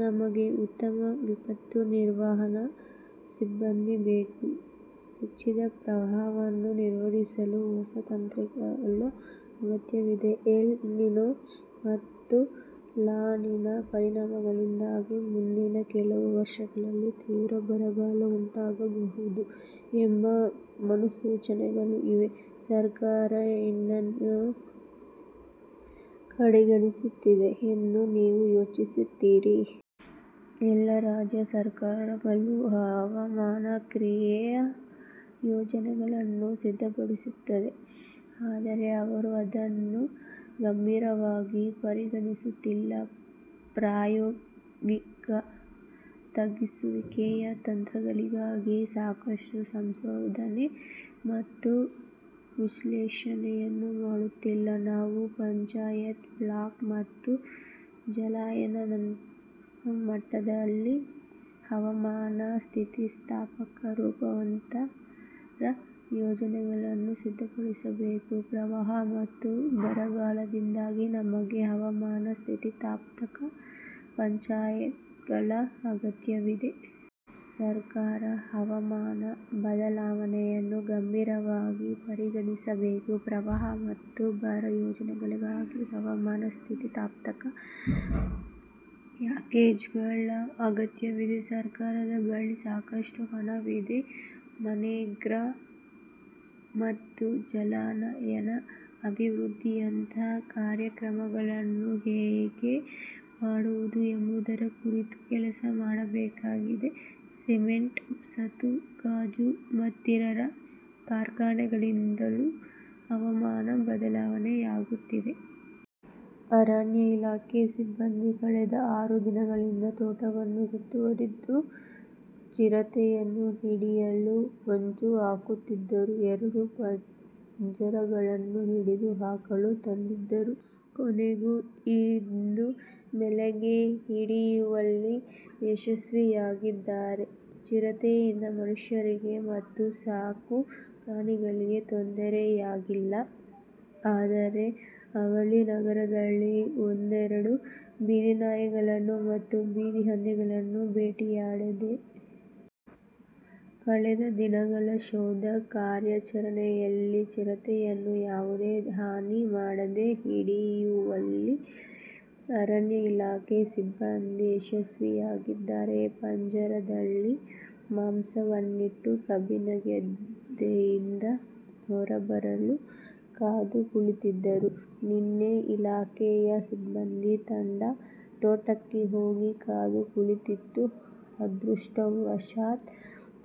ನಮಗೆ ಉತ್ತಮ ವಿಪತ್ತು ನಿರ್ವಹಣಾ ಸಿಬ್ಬಂದಿ ಬೇಕು. ಹೆಚ್ಚಿದ ಪ್ರವಾಹವನ್ನು ನಿರ್ವಹಿಸಲು ಹೊಸ ತಂತ್ರಗಳು ಅಗತ್ಯವಿದೆ. ಎಲ್ ನಿನೊ ಮತ್ತು ಲಾ ನಿನಾ ಪರಿಣಾಮಗಳಿಂದಾಗಿ ಮುಂದಿನ ಕೆಲವು ವರ್ಷಗಳಲ್ಲಿ ತೀವ್ರ ಬರಗಾಲ ಉಂಟಾಗಬಹುದು ಎಂಬ ಮುನ್ಸೂಚನೆಗಳೂ ಇವೆ. ಸರ್ಕಾರ ಏನನ್ನು ಕಡೆಗಣಿಸುತ್ತಿದೆ ಎಂದು ನೀವು ಯೋಚಿಸುತ್ತೀರಿ? ಎಲ್ಲಾ ರಾಜ್ಯ ಸರ್ಕಾರಗಳು ಹವಾಮಾನ ಕ್ರಿಯಾ ಯೋಜನೆಗಳನ್ನು ಸಿದ್ಧಪಡಿಸುತ್ತಿವೆ, ಆದರೆ ಅವರು ಅದನ್ನು ಗಂಭೀರವಾಗಿ ಪರಿಗಣಿಸುತ್ತಿಲ್ಲ. ಪ್ರಾಯೋಗಿಕ ತಗ್ಗಿಸುವಿಕೆಯ ತಂತ್ರಗಳಿಗಾಗಿ ಸಾಕಷ್ಟು ಸಂಶೋಧನೆ ಮತ್ತು ವಿಶ್ಲೇಷಣೆಯನ್ನು ಮಾಡುತ್ತಿಲ್ಲ. ನಾವು ಪಂಚಾಯತ್, ಬ್ಲಾಕ್ ಮತ್ತು ಜಲಾನಯನ ಮಟ್ಟದಲ್ಲಿ ಹವಾಮಾನ-ಸ್ಥಿತಿಸ್ಥಾಪಕ ರೂಪಾಂತರ ಯೋಜನೆಗಳನ್ನು ಸಿದ್ಧಪಡಿಸಬೇಕು. ಪ್ರವಾಹ ಮತ್ತು ಬರಗಾಲದಿಂದಾಗಿ ನಮಗೆ ಹವಾಮಾನ-ಸ್ಥಿತಿಸ್ಥಾಪಕ ಪಂಚಾಯತ್ಗಳ ಅಗತ್ಯವಿದೆ. ಸರ್ಕಾರ ಹವಾಮಾನ ಬದಲಾವಣೆಯನ್ನು ಗಂಭೀರವಾಗಿ ಪರಿಗಣಿಸಬೇಕು ಪ್ರವಾಹ ಮತ್ತು ಬರ ಯೋಜನೆಗಳಿಗಾಗಿ ಹವಾಮಾನ-ಸ್ಥಿತಿಸ್ಥಾಪಕ ಪ್ಯಾಕೇಜ್ಗಳ ಅಗತ್ಯವಿದೆ. ಸರ್ಕಾರದ ಬಳಿ ಸಾಕಷ್ಟು ಹಣವಿದೆ. ಮನ್ರೇಗಾ ಮತ್ತು ಜಲಾನಯನ ಅಭಿವೃದ್ಧಿಯಂತಹ ಕಾರ್ಯಕ್ರಮಗಳನ್ನು ಹೇಗೆ ಮಾಡುವುದು ಎಂಬುದರ ಕುರಿತು ಕೆಲಸ ಮಾಡಬೇಕಾಗಿದೆ. ಸಿಮೆಂಟ್, ಸತು, ಗಾಜು ಮತ್ತಿತರ ಕಾರ್ಖಾನೆಗಳಿಂದಲೂ ಹವಾಮಾನ ಬದಲಾವಣೆಯಾಗುತ್ತಿದೆ. ಅರಣ್ಯ ಇಲಾಖೆ ಸಿಬ್ಬಂದಿ ಕಳೆದ ಆರು ದಿನಗಳಿಂದ ತೋಟವನ್ನು ಸುತ್ತುವರಿದು ಚಿರತೆಯನ್ನು ಹಿಡಿಯಲು ಹೊಂಚುಹಾಕುತ್ತಿದ್ದರು. ಎರಡು ಪಂಜರಗಳನ್ನು ಹಿಡಿದು ಹಾಕಲು ತಂದಿದ್ದರು. ಕೊನೆಗೂ ಇಂದು ಬೆಳಗ್ಗೆ ಹಿಡಿಯುವಲ್ಲಿ ಯಶಸ್ವಿಯಾಗಿದ್ದಾರೆ. ಚಿರತೆಯಿಂದ ಮನುಷ್ಯರಿಗೆ ಮತ್ತು ಸಾಕುಪ್ರಾಣಿಗಳಿಗೆ ತೊಂದರೆಯಾಗಿಲ್ಲ, ಆದರೆ ಅವಳಿ ನಗರದಲ್ಲಿ ಒಂದೆರಡು ಬೀದಿನಾಯಿಗಳನ್ನು ಮತ್ತು ಬೀದಿ ಹಂದಿಗಳನ್ನು ಬೇಟೆಯಾಡಿದೆ. ಕಳೆದ ದಿನಗಳ ಶೋಧ ಕಾರ್ಯಾಚರಣೆಯಲ್ಲಿ ಚಿರತೆಯನ್ನು ಯಾವುದೇ ಹಾನಿ ಮಾಡದೆ ಹಿಡಿಯುವಲ್ಲಿ ಅರಣ್ಯ ಇಲಾಖೆ ಸಿಬ್ಬಂದಿ ಯಶಸ್ವಿಯಾಗಿದ್ದಾರೆ. ಪಂಜರದಲ್ಲಿ ಮಾಂಸವನ್ನಿಟ್ಟು ಕಬ್ಬಿನ ಗದ್ದೆಯಿಂದ ಹೊರಬರಲು ಕಾದು ಕುಳಿತಿದ್ದರು. ನಿನ್ನೆ ಇಲಾಖೆಯ ಸಿಬ್ಬಂದಿ ತಂಡ ತೋಟಕ್ಕೆ ಹೋಗಿ ಕಾದು ಕುಳಿತಿತ್ತು. ಅದೃಷ್ಟವಶಾತ್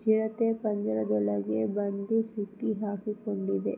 ಚಿರತೆ ಪಂಜರದೊಳಗೆ ಬಂದು ಸಿಕ್ಕಿಹಾಕಿಕೊಂಡಿದೆ.